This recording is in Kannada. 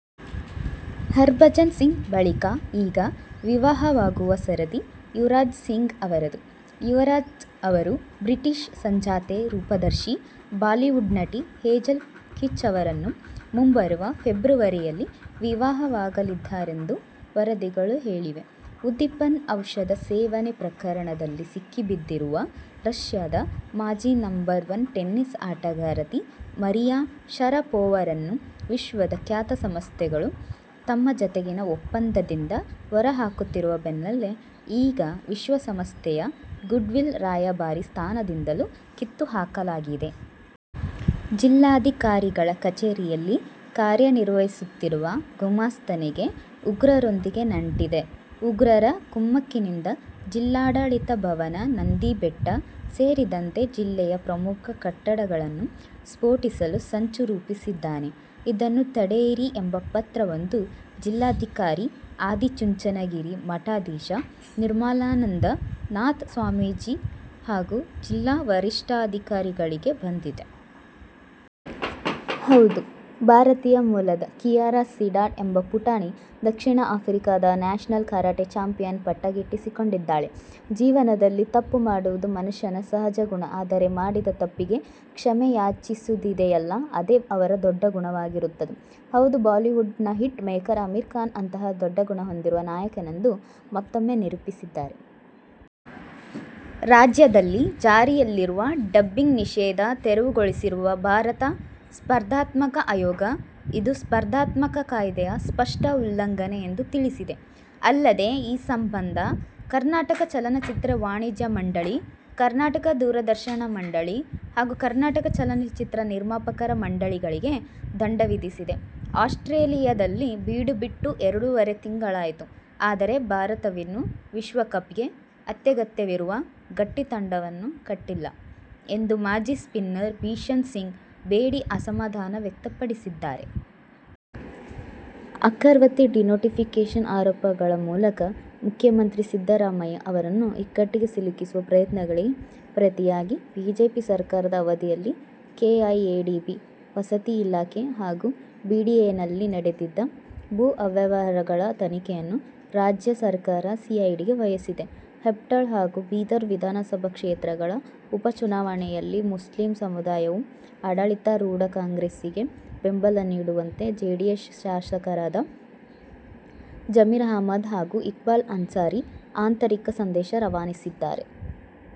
ಹರ್ಭಜನ್ ಸಿಂಗ್ ಬಳಿಕ ಈಗ ವಿವಾಹವಾಗುವ ಸರದಿ ಯುವರಾಜ್ ಸಿಂಗ್ ಅವರದು. ಯುವರಾಜ್ ಅವರು ಬ್ರಿಟಿಷ್ ಸಂಜಾತೆ ರೂಪದರ್ಶಿ, ಬಾಲಿವುಡ್ನಟಿ ಹೇಜೆಲ್ ಕೀಚ್ ಅವರನ್ನು ಮುಂಬರುವ ಫೆಬ್ರವರಿಯಲ್ಲಿ ವಿವಾಹವಾಗಲಿದ್ದಾರೆಂದು ವರದಿಗಳು ಹೇಳಿವೆ. ಉದ್ದೀಪನ ಔಷಧ ಸೇವನೆ ಪ್ರಕರಣದಲ್ಲಿ ಸಿಕ್ಕಿಬಿದ್ದಿರುವ ರಷ್ಯಾದ ಮಾಜಿ ನಂಬರ್ ಒನ್ ಟೆನಿಸ್ ಆಟಗಾರ್ತಿ ಮರಿಯಾ ಶರಪೋವಾರನ್ನು ವಿಶ್ವದ ಖ್ಯಾತ ಸಂಸ್ಥೆಗಳು ತಮ್ಮ ಜತೆಗಿನ ಒಪ್ಪಂದದಿಂದ ಹೊರ ಹಾಕುತ್ತಿರುವ ಬೆನ್ನಲ್ಲೇ ಈಗ ವಿಶ್ವ ಸಂಸ್ಥೆಯ "ಗುಡ್ವಿಲ್ ರಾಯಭಾರಿ' ಸ್ಥಾನದಿಂದಲೂ ಕಿತ್ತು ಹಾಕಲಾಗಿದೆ. "ಜಿಲ್ಲಾಧಿಕಾರಿಗಳ ಕಚೇರಿಯಲ್ಲಿ ಕಾರ್ಯ ನಿರ್ವಹಿಸುತ್ತಿರುವ ಗುಮಾಸ್ತನಿಗೆ ಉಗ್ರರೊಂದಿಗೆ ನಂಟಿದೆ. ಉಗ್ರರ ಕುಮ್ಮಕ್ಕಿನಿಂದ ಜಿಲ್ಲಾಡ ಳಿತ ಭವನ, ನಂದಿಬೆಟ್ಟ ಸೇರಿದಂತೆ ಜಿಲ್ಲೆಯ ಪ್ರಮುಖ ಕಟ್ಟಡಗಳನ್ನು ಸ್ಫೋಟಿಸಲು ಸಂಚು ರೂಪಿಸಿದ್ದಾನೆ. ಇದನ್ನು ತಡೆಯಿರಿ' ಎಂಬ ಪತ್ರ ವೊಂದು ಜಿಲ್ಲಾಧಿಕಾರಿ, ಆದಿಚುಂಚನಗಿರಿ ಮಠಾಧೀಶ ನಿರ್ಮಲಾನಂದ ನಾಥ ಸ್ವಾಮೀಜಿ ಹಾಗೂ ಜಿಲ್ಲಾ ವರಿಷ್ಠಾಧಿಕಾರಿಗಳಿಗೆ ಬಂದಿದೆ. ಹೌದು ಭಾರತೀಯ ಮೂಲದ ಖಿಯಾರಾ ಸೀಡಾಟ್ ಎಂಬ ಪುಟಾಣಿ ದಕ್ಷಿಣ ಆಫ್ರಿಕಾದ ನ್ಯಾಷನಲ್ ಕರಾಟೆ ಚಾಂಪಿಯನ್ ಪಟ್ಟ ಗಿಟಿಸಿಕೊಂಡಿದ್ದಾಳೆ! ಜೀವನದಲ್ಲಿ ತಪ್ಪುಮಾಡುವುದು ಮನುಷ್ಯನ ಸಹಜ ಗುಣ, ಆದರೆ ಮಾಡಿದ ತಪ್ಪಿಗೆ ಕ್ಷಮೆಯಾಚಿಸುದಿದೆಯಲ್ಲಾ ಅದೇ ಅವರ ದೊಡ್ಡ ಗುಣವಾಗಿರುತ್ತದೆ. ಹೌದು ಬಾಲಿವುಡ್ ನ ಹಿಟ್ ಮೇಕರ್ ಅಮೀರ್ ಖಾನ್ ಅಂತಹ ದೊಡ್ಡ ಗುಣ ಹೊಂದಿರುವ ನಾಯಕನೆಂದು ಮತ್ತೊಮ್ಮೆ ನಿರೂಪಿಸಿದ್ದಾರೆ. ರಾಜ್ಯದಲ್ಲಿ ಜಾರಿಯಲ್ಲಿರುವ ಡಬ್ಬಿಂಗ್ ನಿಷೇಧ ತೆರವುಗೊಳಿಸಿರುವ ಭಾರತ ಸ್ಪರ್ಧಾತ್ಮಕ ಆಯೋಗ, ಇದು ಸ್ಮರ್ಧಾತ್ಮಕ ಕಾಯ್ದೆಯ ಸ್ಪಷ್ಟ ಉಲ್ಲಂಘನೆ ಎಂದು ತಿಳಿಸಿದೆ. ಅಲ್ಲದೆ, ಈ ಸಂಬಂಧ ಕರ್ನಾಟಕ ಚಲನಚಿತ್ರ ವಾಣಿಜ್ಯ ಮಂಡಳಿ, ಕರ್ನಾಟಕ ದೂರದರ್ಶನ ಮಂಡಳಿ ಹಾಗೂ ಕನ್ನಡ ಚಲನಚಿತ್ರ ನಿರ್ಮಾಪಕರ ಮಂಡಳಿಗಳಿಗೆ ದಂಡ ವಿಧಿಸಿದೆ. ಆಸ್ಟ್ರೇಲಿಯದಲ್ಲಿ ಬೀಡುಬಿಟ್ಟು ಎರಡೂವರೆ ತಿಂಗಳಾಯಿತು, ಆದರೆ ಭಾರತವಿನ್ನೂ ವಿಶ್ವಕಪ್ಗೆ ಅತ್ಯಗತ್ಯವಿರುವ ಗಟ್ಟಿ ತಂಡವನ್ನು ಕಟ್ಟಿಲ್ಲ ಎಂದು ಮಾಜಿ ಸ್ಪಿನ್ನರ್ ಬಿಷನ್ ಸಿಂಗ್ ಬೇಡಿ ಅಸಮಾಧಾನ ವ್ಯಕ್ತಪಡಿಸಿದ್ದಾರೆ. ಅರ್ಕಾವತಿ ಡಿನೋಟಿಫಿಕೇಷನ್ ಆರೋಪಗಳ ಮೂಲಕ ಮುಖ್ಯಮಂತ್ರಿ ಸಿದ್ದರಾಮಯ್ಯ ಅವರನ್ನು ಇಕ್ಕಟ್ಟಿಗೆ ಸಿಲುಕಿಸುವ ಪ್ರಯತ್ನಗಳಿಗೆ ಪ್ರತಿಯಾಗಿ ಬಿಜೆಪಿ ಸರ್ಕಾರದ ಅವಧಿಯಲ್ಲಿ ಕೆಐಎಡಿಬಿ, ವಸತಿ ಇಲಾಖೆ ಹಾಗೂ ಬಿಡಿಎನಲ್ಲಿ ನಡೆದಿದ್ದ ಭೂ ಅವ್ಯವಹಾರಗಳ ತನಿಖೆ ಯನ್ನು ರಾಜ್ಯ ಸರ್ಕಾರ ಸಿಐಡಿಗೆ ವಹಿಸಿದೆ. ಹೆಬ್ಟಾಳ ಹಾಗೂ ಬೀದರ್ ವಿಧಾನಸಭಾ ಕ್ಷೇತ್ರಗಳ ಉಪಚುನಾವಣೆಯಲ್ಲಿ ಮುಸ್ಲಿಂ ಸಮುದಾಯವು ಆಡಳಿತಾರೂಢ ಕಾಂಗ್ರೆಸ್ಸಿಗೆ ಬೆಂಬಲ ನೀಡುವಂತೆ ಜೆಡಿಎಸ್ ಶಾಸಕರಾದ ಜಮೀರ್ ಅಹಮದ್ ಹಾಗೂ ಇಕ್ಬಾಲ್ ಅನ್ಸಾರಿ ಆಂತರಿಕ ಸಂದೇಶ ರವಾನಿಸಿದ್ದಾರೆ.